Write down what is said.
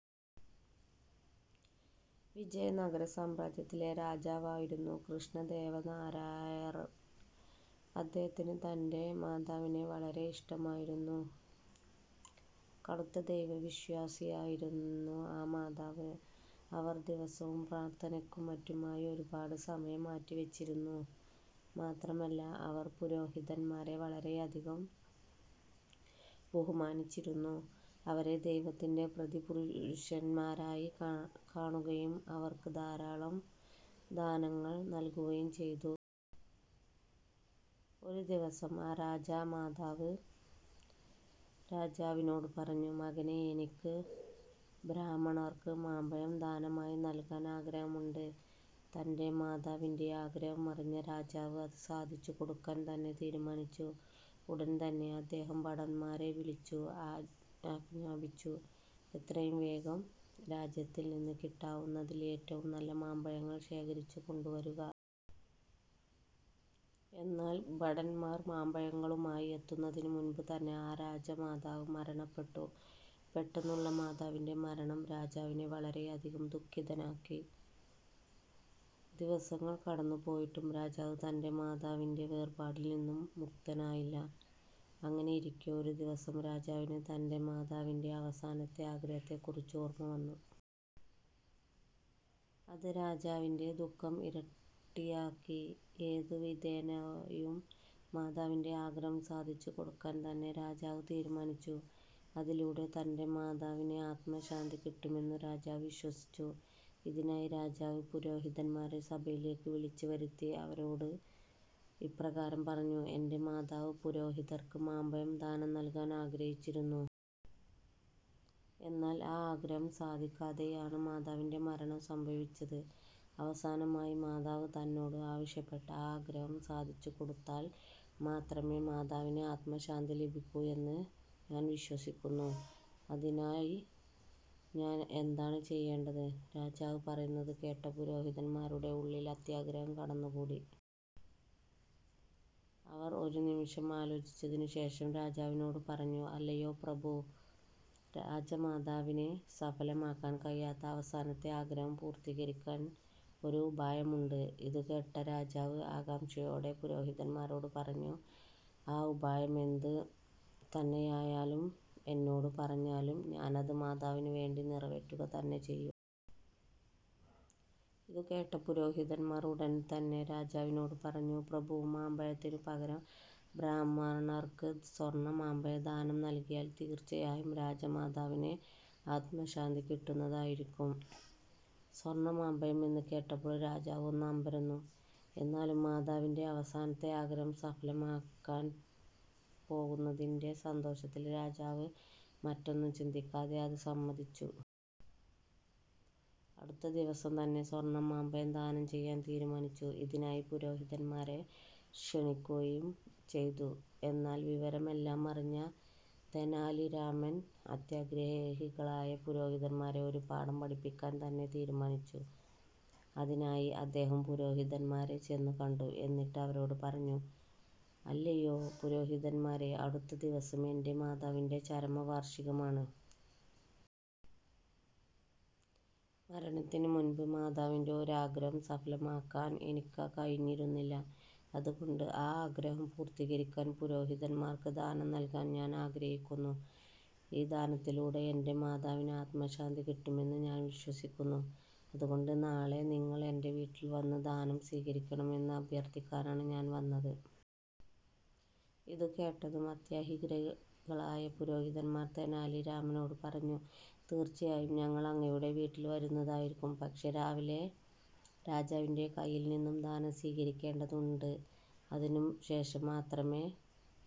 വിജയനഗര സാമ്രാജ്യത്തിലെ രാജാവായിരുന്നു കൃഷ്ണദേവരായർ. അദ്ദേഹത്തിന് തൻ്റെ മാതാവിനെ വളരെ ഇഷ്ടമായിരുന്നു. കടുത്ത ദൈവ വിശ്വാസിയായിരുന്നു ആ മാതാവ്. അവർ ദിവസവും പ്രാർത്ഥനയ്ക്കും മറ്റുമായി ഒരുപാട് സമയം മാറ്റി വച്ചിരുന്നു. മാത്രമല്ല അവർ പുരോഹിതന്മാരെ വളരെയധികം ബഹുമാനിച്ചിരുന്നു. അവരെ ദൈവത്തിന്റെ പ്രതിപുരുഷന്മാരായി കാണുകയും അവർക്ക് ധാരാളം ദാനങ്ങൾ നല്കുകയും ചെയ്തു. ഒരു ദിവസം ആ രാജമാതാവ് രാജാവിനോട് പറഞ്ഞു "മകനെ, എനിക്ക് ബ്രാഹ്മണർക്ക് മാമ്പഴം ദാനമായി നൽകാൻ ആഗ്രഹമുണ്ട്. " തൻ്റെ മാതാവിൻ്റെ ആഗ്രഹം അറിഞ്ഞ രാജാവ് അത് സാധിച്ചു കൊടുക്കാൻ തന്നെ തീരുമാനിച്ചു. ഉടൻതന്നെ അദ്ദേഹം ഭടന്മാരെ വിളിച്ചു ആഞ്ജാപിച്ചു. "എത്രയും വേഗം രാജ്യത്തിൽ നിന്ന് കിട്ടാവുന്നതിൽ ഏറ്റവും നല്ല മാമ്പഴങ്ങൾ ശേഖരിച്ചു കൊണ്ടുവരുക. " എന്നാൽ ഭടന്മാർ മാമ്പഴങ്ങളുമായി എത്തുന്നതിനു മുൻപ് തന്നെ ആ രാജമാതാവ് മരണപ്പെട്ടു. പെട്ടെന്നുള്ള മാതാവിൻ്റെ മരണം രാജാവിനെ വളരെയധികം ദുഃഖിതനാക്കി. ദിവസങ്ങൾ കടന്നു പോയിട്ടും രാജാവ് തൻ്റെ മാതാവിൻ്റെ വേർപാടിൽ നിന്നും മുക്തനായില്ല. അങ്ങനെയിരിക്കെ ഒരു ദിവസം രാജാവിന് തൻ്റെ മാതാവിൻ്റെ അവസാനത്തെ ആഗ്രഹത്തെക്കുറിച്ച് ഓർമ വന്നു. അത് രാജാവിൻ്റെ ദുഃഖം ഇരട്ടിയാക്കി. ഏതു വിധേനയും മാതാവിൻ്റെ ആഗ്രഹം സാധിച്ചു കൊടുക്കാൻ തന്നെ രാജാവ് തീരുമാനിച്ചു. അതിലൂടെ തൻ്റെ മാതാവിന് അത്മശാന്തി കിട്ടുമെന്നും രാജാവ് വിശ്വസിച്ചു. ഇതിനായി രാജാവ് പുരോഹിതന്മാരെ സഭയിലേക്ക് വിളിച്ചു വരുത്തി. ആവരോട് ഇപ്രകാരം പറഞ്ഞു. "എന്റെ മാതാവ് പുരോഹിതർക്ക് മാമ്പഴം ദാനം നൽകാൻ ആഗ്രഹിച്ചിരുന്നു. എന്നാൽ ആ ആഗ്രഹം സാധിക്കാതെയാണ് മാതാവിൻ്റെ മരണം സംഭവിച്ചത്. അവസാനമായി മാതാവ് തന്നോട് ആവശ്യപ്പെട്ട ആ ആഗ്രഹം സാധിച്ചു കൊടുത്താൽ മാത്രമേ മാതാവിന് ആത്മശാന്തി ലഭിക്കൂ എന്നു ഞാൻ വിശ്വസിക്കുന്നു. അതിനായി ഞാൻ എന്താണ് ചെയ്യേണ്ടത്? " രാജാവ് പറയുന്നത് കേട്ട പുരോഹിതന്മാരുടെ ഉള്ളിൽ അത്യാഗ്രഹം കടന്നുകൂടി. അവർ ഒരു നിമിഷം ആലോചിച്ചതിനു ശേഷം രാജാവിനോട് പറഞ്ഞു "അല്ലയോ പ്രഭു, രാജമാതാവിന് സഫലമാക്കാൻ കഴിയാത്ത അവസാനത്തെ ആഗ്രഹം പൂർത്തീകരിക്കാൻ ഒരു ഉപായം ഉണ്ട് " ഇതുകേട്ട രാജാവ് ആകാംഷയോടെ പുരോഹിതന്മാരോട് പറഞ്ഞു "ആ ഉപായം എന്തു തന്നെയായാലും എന്നോട് പറഞ്ഞാലും. ഞാനത് മാതാവിന് വേണ്ടി നിറവേറ്റുക തന്നെ ചെയ്യും. " ഇതുകേട്ട പുരോഹിതന്മാർ ഉടൻതന്നെ രാജാവിനോട് പറഞ്ഞു "പ്രഭു, മാമ്പഴത്തിനു പകരം ബ്രാഹ്മണർക്ക് സ്വർണ മാമ്പഴം ദാനം നൽകിയാൽ തീർച്ചയായും രാജമാതാവിന് അത്മശാന്തി കിട്ടുന്നതായിരിക്കും. " സ്വർണ മാമ്പഴം എന്ന് കേട്ടപ്പോൾ രാജാവ് ഒന്ന് അമ്പരന്നു. എന്നാലും മാതാവിൻ്റെ അവസാനത്തെ ആഗ്രഹം സഫലമാകാൻ പോകുന്നതിന്റെ സന്തോഷത്തിൽ രാജാവ് മറ്റൊന്നും ചിന്തിക്കാതെ അതു സമ്മതിച്ചു. അടുത്ത ദിവസം തന്നെ സ്വർണ മാമ്പഴം ദാനം ചെയ്യാൻ തീരുമാനിച്ചു. ഇതിനായി പുരോഹിതന്മാരെ ക്ഷണിക്കുകയും ചെയ്തു. എന്നാൽ വിവരമെല്ലാം അറിഞ്ഞ തെനാലിരാമൻ അത്യാഗ്രഹികളായ പുരോഹിതന്മാരെ ഒരു പാഠം പഠിപ്പിക്കാൻ തന്നെ തീരുമാനിച്ചു. അതിനായി അദ്ദേഹം പുരോഹിതന്മാരെ ചെന്നു കണ്ടു. എന്നിട്ട് അവരോട് പറഞ്ഞു "അല്ലയോ പുരോഹിതന്മാരെ അടുത്ത ദിവസം എന്റെ മാതാവിൻ്റെ ചരമവാർഷികമാണ്. മരണത്തിനു മുൻപ് മാതാവിൻ്റെ ഒരു ആഗ്രഹം സഫലമാക്കാൻ എനിക്ക് കഴിഞ്ഞിരുന്നില്ല. അതുകൊണ്ട് ആ ആഗ്രഹം പൂർത്തീകരിക്കാൻ പുരോഹിതന്മാർക്ക് ദാനം നൽകാൻ ഞാൻ ആഗ്രഹിക്കുന്നു. ഈ ദാനത്തിലൂടെ എൻ്റെ മാതാവിന് ആത്മശാന്തി കിട്ടുമെന്നും ഞാൻ വിശ്വസിക്കുന്നു. അതുകൊണ്ട് നാളെ നിങ്ങൾ എന്റ വീട്ടിൽ വന്നു ദാനം സ്വീകരിക്കണം എന്ന് അഭ്യർഥിക്കാനാണ് ഞാൻ വന്നത്. " ഇതു കേട്ടതും അത്യാഗ്രഹികളായ പുരോഹിതന്മാർ തെനാലിരാമനോട് പറഞ്ഞു "തീർച്ചയായും ഞങ്ങൾ അങ്ങയുടെ വീട്ടിൽ വരുന്നതായിരിക്കും. പക്ഷെ രാവിലെ രാജാവിന്റെ കൈയിൽനിന്നും ദാനം സ്വീകരിക്കേണ്ടതുണ്ട്. അതിനു ശേഷം മാത്രമേ